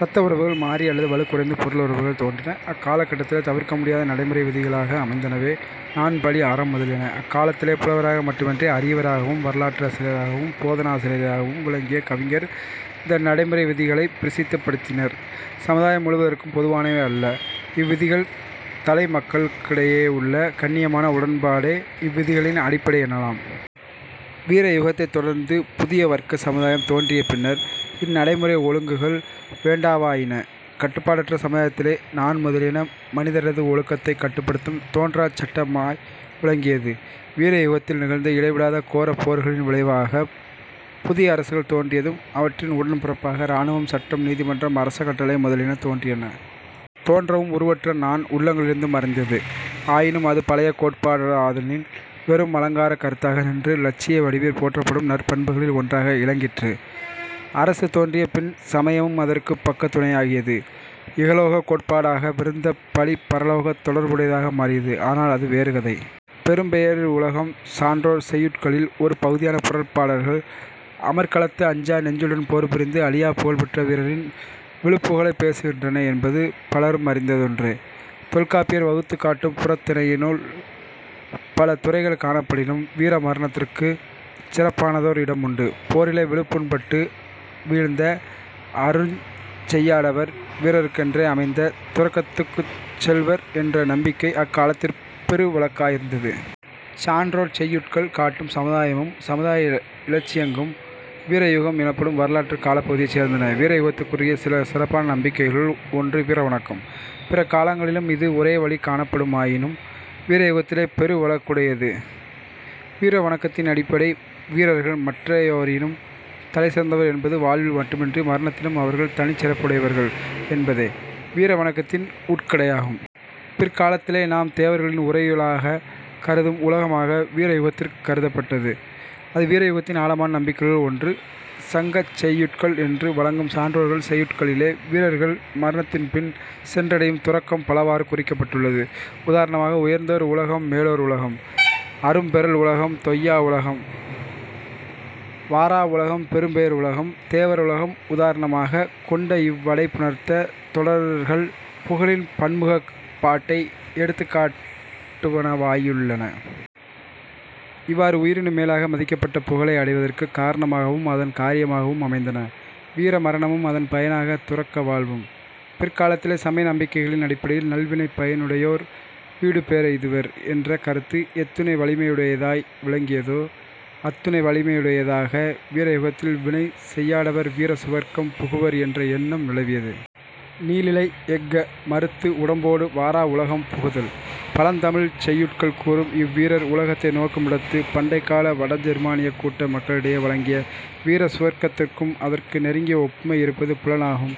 இரத்த உறவுகள் மாறி அல்லது வலுக்குறைந்து பொருளுறவுகள் தோன்றின. அக்காலக் கட்டத்திலே தவிர்க்கமுடியாத நடைமுறை விதிகளாக அமைந்தனவே நாண், பழி, அறம் முதலியன. அக்காலத்திலே புலவராக மட்டுமின்றி அறியவராகவும், வரலாற்றாசிரியராகவும், போதனாசிரியராகவும் விளங்கிய கவிஞர் இந்தநடைமுறை விதிகளைப் பிரசித்தப்படுத்தினர். சமுதாயம் முழுவதற்கும் பொதுவானவையல்ல இவ்விதிகள். தலைமக்களுக்கிடையேயுள்ள "கண்ணியமான" உடன்பாடே இவ்விதிகளின் அடிப்படையெனலாம். வீரயுகத்தைத் தொடர்ந்து புதிய-வர்க்க சமுதாயம் தோன்றிய பின்னர், இந்நடைமுறை ஒழுங்குகள் வேண்டாவாயின. கட்டுப்பாடற்ற சமுதாயத்திலே நாண் முதலியன மனிதரது ஒழுக்கத்தைக் கட்டுப்படுத்தும் தோன்றாச் சட்டமாய் விளங்கியது. வீரயுகத்தில் நிகழ்ந்த இடைவிடாத கோரப் போர்களின் விளைவாகப் புதிய அரசுகள் தோன்றியதும் அவற்றின் உடன் பிறப்பாக இராணுவம், சட்டம், நீதிமன்றம், அரச கட்டளை முதலியன தோன்றின. தோன்றவும் உருவற்ற நாண் உள்ளங்களிலிருந்து மறைந்தது. ஆயினும் அது பழைய கோட்பாடாதலின் வெறும் அலங்காரக் கருத்தாக நின்று இலட்சிய வடிவிற் போற்றப்படும் நற்பண்புகளில் ஒன்றாக இலங்கிற்று. அரசு தோன்றிய பின் சமயமும் அதற்குப் பக்கத்துணையாகியது. இகலோகக் கோட்பாடாக விருந்த பழி பரலோகத் தொடர்புடையதாக மாறியது. ஆனால் அது வேறு கதை.. பெரும் பெயர் உலகம் சான்றோர் செய்யுட்களில் ஒரு பகுதியான புறப்பாடல்கள் அமர்க்களத்து அஞ்சா நெஞ்சுடன் போர்புரிந்து அழியாப் புகழ்பெற்ற வீரரின் விழுப்புகழைப் பேசுகின்றன என்பது பலருமறிந்ததொன்றே. தொல்காப்பியர் வகுத்துக் காட்டும் புறத்திணையுள் பல துறைகள் காணப்படினும் வீர மரணத்திற்குச் சிறப்பானதோர் இடமுண்டு. போரிலே விழுப்புண்பட்டு வீழ்ந்த 'அருஞ் செய்யாடவர்' வீரருக்கென்றே அமைந்த துறக்கத்தற்குச் செல்வர் என்ற நம்பிக்கை அக்காலத்திற் பெருவழக்காயிருந்தது. சான்றோர் செய்யுட்கள் காட்டும் சமுதாயமும் சமுதாய இலட்சியங்கும் வீரயுகம் எனப்படும் வரலாற்றுக் காலப்பகுதியைச் சேர்ந்தன. வீரயுகத்துக்குரிய சில சிறப்பான நம்பிக்கைகளுள் ஒன்று வீர வணக்கம். பிற காலங்களிலும் இஃது ஒரேவழி காணப்படுமாயினும் வீரயுகத்திலே பெருவழக்குடையது. வீர வணக்கத்தின் அடிப்படை, வீரர்கள் மற்றையோரினும் தலைசிறந்தவர் என்பது, வாழ்வில் மட்டுமன்றி மரணத்திலும், அவர்கள் தனிச்சிறப்புடையவர்கள் என்பதே வீர வணக்கத்தின் உட்கிடையாகும். பிற்காலத்திலே நாம் தேவர்களின் உரையுளாகக் கருதும் உலகமாக வீரயுகத்திற் கருதப்பட்டது. அது வீரயுகத்தின் ஆழமான நம்பிக்கைகளில் ஒன்று. சங்கச் செய்யுட்கள் என்று வழங்கும் சான்றோர்கள் செய்யுட்களிலே வீரர்கள் மரணத்தின்பின் சென்றடையும் துறக்கம் பலவாறு குறிக்கப்பட்டுள்ளது. உதாரணமாக, உயர்ந்தோர் உலகம் மேலோர் உலகம்। அரும் பெறல் உலகம் தொய்யா உலகம் வாரா உலகம் பெரும் பெயர் உலகம் தேவர் உலகம் உதாரணமாகக் கொண்ட இவ்வடை புணர்த்த தொடர்கள் புகழின் பன்முகப் பாட்டை எடுத்துக்காட்டுவனவாயுள்ளன. இவ்வாறு உயிரினும் மேலாக மதிக்கப்பட்ட புகழை அடைவதற்குக் காரணமாகவும் அதன் காரியமாகவும் அமைந்தன வீரமரணமும் அதன் பயனாக துறக்க வாழ்வும். பிற்காலத்திலே சமய நம்பிக்கைகளின் அடிப்படையில் நல்வினைப் பயனுடையோர் வீடுபேறெய்துவர் என்ற கருத்து எத்துணை வலிமையுடையதாய் விளங்கியதோ, அத்துணை வலிமையுடையதாக வீரயுகத்தில் வினை செய்யாடவர் 'வீரசுவர்க்கம்' புகுவர் என்ற எண்ணம் நிலவியது. "நீளிலை யெஃக மறுத்து உடம்போடு வாராவுலகம் புகுதல்" பழந்தமிழ்ச் செய்யுட்கள் கூறும் இவ்வீரர் உலகத்தை நோக்குமிடத்து, பண்டைக்கால வட ஜெர்மானியக் கூட்ட மக்களிடையே வழங்கிய வீரசுவர்க்கத்திற்கும் அதற்கும் நெருங்கிய ஒப்புமை இருப்பது புலனாகும்.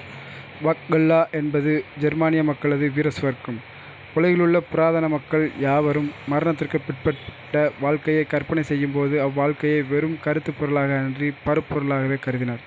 வக்ஹல்லா என்பது ஜெர்மானிய மக்களது வீரசுவர்க்கம், உலகிலுள்ள புராதன மக்கள் யாவரும் மரணத்துக்குப் பிற்பட்ட வாழ்க்கையைக் கற்பனை செய்யும்பொழுது, அவ்வாழ்க்கையை வெறும் கருத்துப் பொருளாக அன்றிப் பருப்பொருளாகவே கருதினர்.